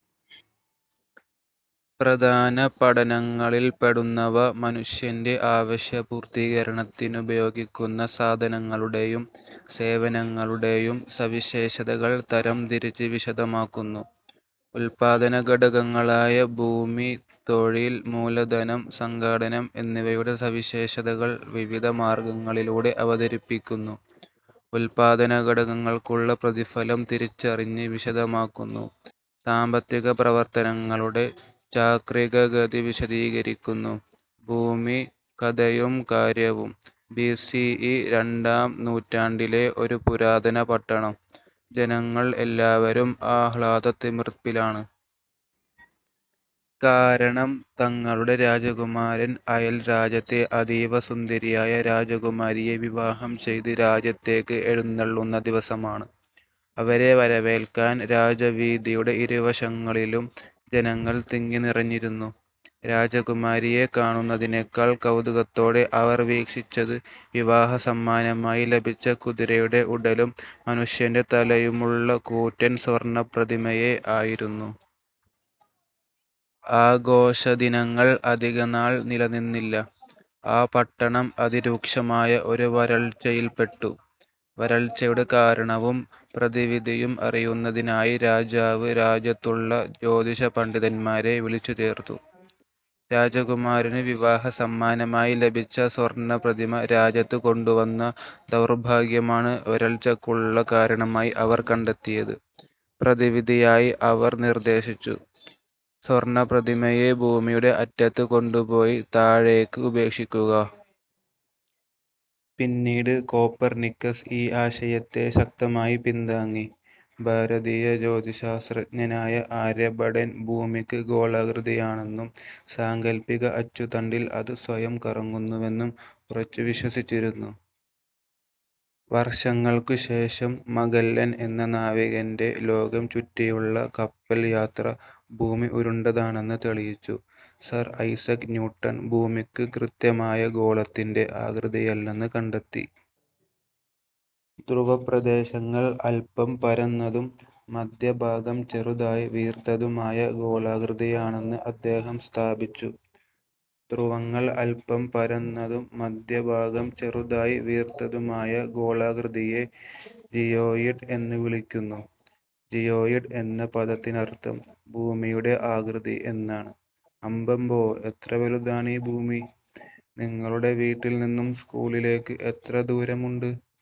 പ്രധാന പഠനങ്ങളിൽപ്പെടുന്നവ മനുഷ്യന്റെ ആവശ്യപൂർത്തീകരണത്തിനുപയോഗിക്കുന്ന സാധനങ്ങളുടെയും സേവനങ്ങളുടെയും സവിശേഷതകൾ തരംതിരിച്ച് വിശദമാക്കുന്നു. ഉല്പാദനഘടകങ്ങളായ ഭൂമി, തൊഴിൽ, മൂലധനം, സംഘാടനം എന്നിവയുടെ സവിശേഷതകൾ വിവിധ മാർഗ്ഗങ്ങളിലൂടെ അവതരിപ്പിക്കുന്നു. ഉല്പാദനഘടകങ്ങൾക്കുള്ള പ്രതിഫലം തിരിച്ചറിഞ്ഞ് വിശദമാക്കുന്നു. സാമ്പത്തികപ്രവർത്തനങ്ങളുടെ ചാക്രികഗതി വിശദീകരിക്കുന്നു. ഭൂമി: കഥയും കാര്യവും: ബി. സി. ഇ രണ്ടാം നൂറ്റാണ്ടിലെ ഒരു പുരാതന പട്ടണം: ജനങ്ങൾ എല്ലാവരും ആഹ്ലാദത്തിമിർപ്പിലാണ്. കാരണം തങ്ങളുടെ രാജകുമാരൻ അയൽ രാജ്യത്തെ അതീവ സുന്ദരിയായ രാജകുമാരിയെ വിവാഹം ചെയ്ത് രാജ്യത്തേയ്ക്ക് എഴുന്നെള്ളുന്ന ദിവസമാണ്. അവരെ വരവേൽക്കാൻ രാജവീഥിയുടെ ഇരുവശങ്ങളിലും ജനങ്ങൾ തിങ്ങി നിറഞ്ഞിരുന്നു. രാജകുമാരിയെ കാണുന്നതിനെക്കാൾ കൗതുകത്തോടെ അവർ വീക്ഷിച്ചത് വിവാഹസമ്മാനമായി ലഭിച്ച കുതിരയുടെ ഉടലും മനുഷ്യന്റെ തലയുമുള്ള കൂറ്റൻ സ്വർണ്ണ പ്രതിമയെ ആയിരുന്നു. ആഘോഷദിനങ്ങൾ അധികനാൾ നിലനിന്നില്ല. ആ പട്ടണം അതിരൂക്ഷമായ ഒരു വരൾച്ചയിൽപ്പെട്ടു. വരൾച്ചയുടെ കാരണവും പ്രതിവിധിയും അറിയുന്നതിനായി രാജാവ് രാജ്യത്തുള്ള ജ്യോതിഷ പണ്ഡിതന്മാരെ വിളിച്ചുചേർത്തു. രാജകുമാരന് വിവാഹസമ്മാനമായി ലഭിച്ച സ്വർണ്ണപ്രതിമ രാജ്യത്ത് കൊണ്ടുവന്ന ദൗർഭാഗ്യമാണ് വരൾച്ചയ്ക്കുള്ള കാരണമായി അവർ കണ്ടെത്തിയത്. പ്രതിവിധിയായി അവർ നിർദേശിച്ചു. സ്വർണ്ണപ്രതിമയെ ഭൂമിയുടെ അറ്റത്ത് കൊണ്ടുപോയി താഴേയ്ക്ക് ഉപേക്ഷിക്കുക. പിന്നീട് കോപ്പർ നിക്കസ് ഈ ആശയത്തെശക്തമായി പിന്താങ്ങി. ഭാരതീയ ജ്യോതിശാസ്ത്രജ്ഞനായ ആര്യഭടൻ ഭൂമിക്ക് ഗോളാകൃതിയാണെന്നും സാങ്കല്പിക അച്ചുതണ്ടിൽ അത് സ്വയം കറങ്ങുന്നുവെന്നും ഉറച്ചുവിശ്വസിച്ചിരുന്നു. വർഷങ്ങൾക്കുശേഷം മഗല്ലൻ എന്ന നാവികന്റെ ലോകം ചുറ്റിയുള്ള കപ്പൽ യാത്ര ഭൂമി ഉരുണ്ടതാണെന്ന് തെളിയിച്ചു. സർ ഐസക് ന്യൂട്ടൺ ഭൂമിക്ക് കൃത്യമായ ഗോളത്തിന്റെ ആകൃതിയല്ലെന്ന് കണ്ടെത്തി. ധ്രുവപ്രദേശങ്ങൾ അല്പം പരന്നതും മധ്യഭാഗം ചെറുതായി വീർത്തതുമായ ഗോളാകൃതിയാണെന്ന് അദ്ദേഹം സ്ഥാപിച്ചു. ധ്രുവങ്ങൾ അല്പം പരന്നതും മധ്യഭാഗം ചെറുതായി വീർത്തതുമായ ഗോളാകൃതിയെ ജിയോയിഡ് എന്നുവിളിക്കുന്നു. ജിയോയിഡ് എന്ന പദത്തിനർത്ഥം ""ഭൂമിയുടെ ആകൃതി' എന്നാണ്. അമ്പമ്പോ എത്രവലുതാണീ ഭൂമി! നിങ്ങളുടെ വീട്ടിൽ നിന്നും സ്കൂളിലേക്ക് എത്ര ദൂരമുണ്ട്?